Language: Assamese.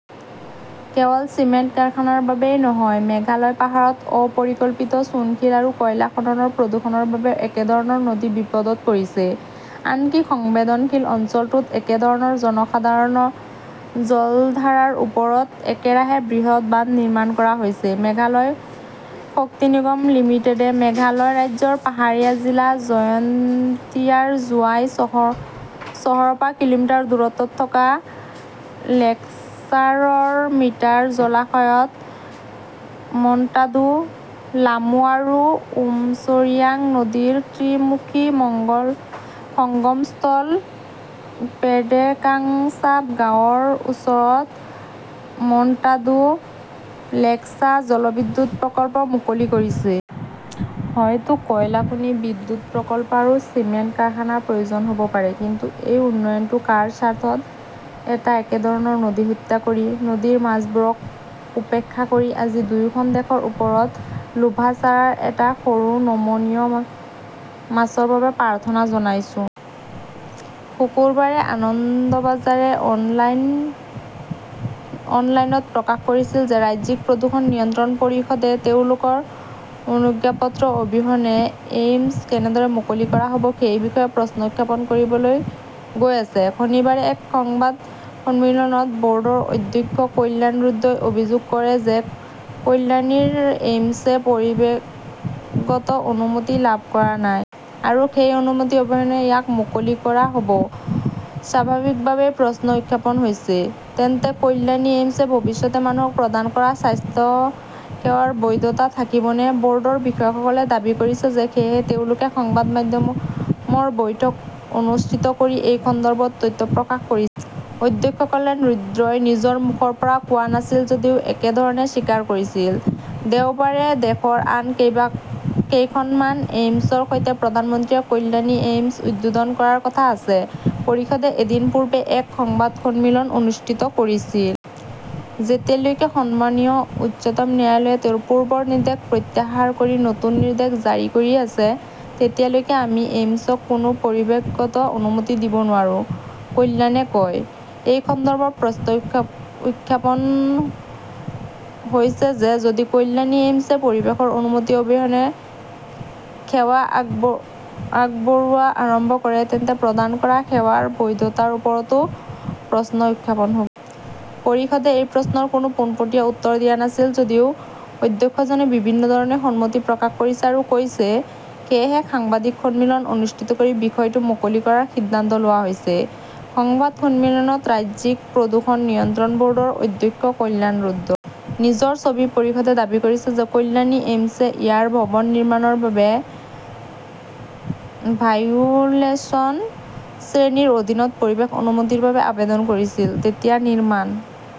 কেৱল চিমেণ্ট কাৰখানাৰ বাবেই নহয়, মেঘালয় পাহাৰত অ-পৰিকল্পিত চূণশিল আৰু কয়লা খননৰ প্ৰদূষণৰ বাবেও একেধৰণৰ নদী বিপদত পৰিছে। আনকি সংবেদনশীল অঞ্চলটোত একে ধৰণৰ জলধাৰাৰ ওপৰত একেৰাহে বৃহৎ বান্ধ নিৰ্মাণ কৰা হৈছে। মেঘালয় শক্তি নিগম লিমিটেডে মেঘালয় ৰাজ্যৰ পাহাৰীয়া জিলা জয়ন্তীয়াৰ জোৱাই চহৰৰ পৰা কিলোমিটাৰ দূৰত্বত থকা লেস্কাৰৰ মিটাৰ জলাশয়ত মন্টাদু, লামু আৰু উমছৰিয়াং নদীৰ ত্ৰি-মুখী সঙ্গমস্থল পেডেকাংছাপ গাঁৱৰ ওচৰত মন্টাদু-লেস্কা জলবিদ্যুৎ প্ৰকল্প' মুকলি কৰিছে। হয়তো কয়লা খনি, বিদ্যুৎ প্ৰকল্প আৰু চিমেণ্ট কাৰখানাৰ প্ৰয়োজন হ’ব পাৰে। কিন্তু এই উন্নয়নটো কাৰ স্বাৰ্থত, এটা একেধৰণৰ নদী হত্যা কৰি, নদীৰ মাছবোৰক উপেক্ষা কৰি আজি দুয়োখন দেশৰ ওচৰত লোভাচাৰাৰ এটা সৰু নমনীয় মাছৰ বাবে প্ৰাৰ্থনা জনাইছো। শুকুৰবাৰে আনন্দবাজাৰে অনলাইনত প্ৰকাশ কৰিছিল যে ৰাজ্যিক প্ৰদূষণ নিয়ন্ত্ৰণ পৰিষদে তেওঁলোকৰ অনুজ্ঞাপত্ৰ অবিহনে এইমছ কেনেদৰে মুকলি কৰা হ’ব সেই বিষয়ে প্ৰশ্ন উত্থাপন কৰিবলৈ গৈ আছে। শনিবাৰে এক সংবাদ সন্মিলনত বৰ্ডৰ অধ্যক্ষ কল্যাণ ৰুদ্ৰই অভিযোগ কৰে যে কল্যাণীৰ এইমছে পৰিৱেশগত অনুমতি লাভ কৰা নাই। আৰু সেই অনুমতি অবিহনে ইয়াক মুকলি কৰা হ 'ব। স্বাভাৱিকভাৱেই প্ৰশ্ন উত্থাপন হৈছে, তেন্তে কল্যাণী এইমছে ভৱিষ্যতে মানুহক প্ৰদান কৰা স্বাস্থ্যসেৱাৰ বৈধতা থাকিবনে বৰ্ডৰ বিষয়াসকলে দাবী কৰিছে যে সেয়েহে তেওঁলোকে সংবাদ মাধ্যমৰ বৈঠক অনুষ্ঠিত কৰি এই সন্দৰ্ভত তথ্য প্ৰকাশ কৰি। অধ্যক্ষ কল্যাণ ৰুদ্ৰই নিজৰ মুখৰ পৰা কোৱা নাছিল যদিও একেধৰণে স্বীকাৰ কৰিছিল। দেওবাৰে দেশৰ আন কেইখনমান এইমছৰ সৈতে প্ৰধানমন্ত্ৰীয়ে কল্যাণী এইমছ উদ্বোধন কৰাৰ কথা আছে। পৰিষদে এদিন পূৰ্বে এক সংবাদ সন্মিলন অনুষ্ঠিত কৰিছিল। যেতিয়ালৈকে সন্মানীয় উচ্চতম ন্যায়ালয়ে তেওঁৰ পূৰ্বৰ নিৰ্দেশ প্ৰত্যাহাৰ কৰি নতুন নিৰ্দেশ জাৰি কৰি আছে, তেতিয়ালৈকে আমি এইমছক কোনো পৰিৱেশগত অনুমতি দিব নোৱাৰো, কল্যাণে কয়। এই সন্দৰ্ভত প্ৰশ্ন উত্থাপন হৈছে যে যদি কল্যাণী এইমছে পৰিৱেশৰ অনুমতি অবিহনে সেৱা আগবঢ়োৱা আৰম্ভ কৰে তেন্তে প্ৰদান কৰা সেৱাৰ বৈধতাৰ ওপৰতো প্ৰশ্ন উত্থাপন হ’ব। পৰিষদে এই প্ৰশ্নৰ কোনো পোনপটীয়া উত্তৰ দিয়া নাছিল। যদিও অধ্যক্ষজনে বিভিন্ন ধৰণে সন্মতি প্ৰকাশ কৰিছে আৰু কৈছে, সেয়েহে সাংবাদিক সন্মিলন অনুষ্ঠিত কৰি বিষয়টো মুকলি কৰাৰ সিদ্ধান্ত লোৱা হৈছে। সংবাদ সন্মিলনত ৰাজ্যিক প্ৰদূষণ নিয়ন্ত্ৰণ বৰ্ডৰ অধ্যক্ষ কল্যাণ ৰুদ্ৰ। নিজৰ ছবি। পৰিষদে দাবী কৰিছে যে কল্যাণী এইমছে ইয়াৰ ভৱন নিৰ্মাণৰ বাবে ভাইওলেশন শ্ৰেণী ৰ অধীনত পৰিৱেশ অনুমতিৰ বাবে আবেদন কৰিছিল। যেতিয়া নিৰ্মাণ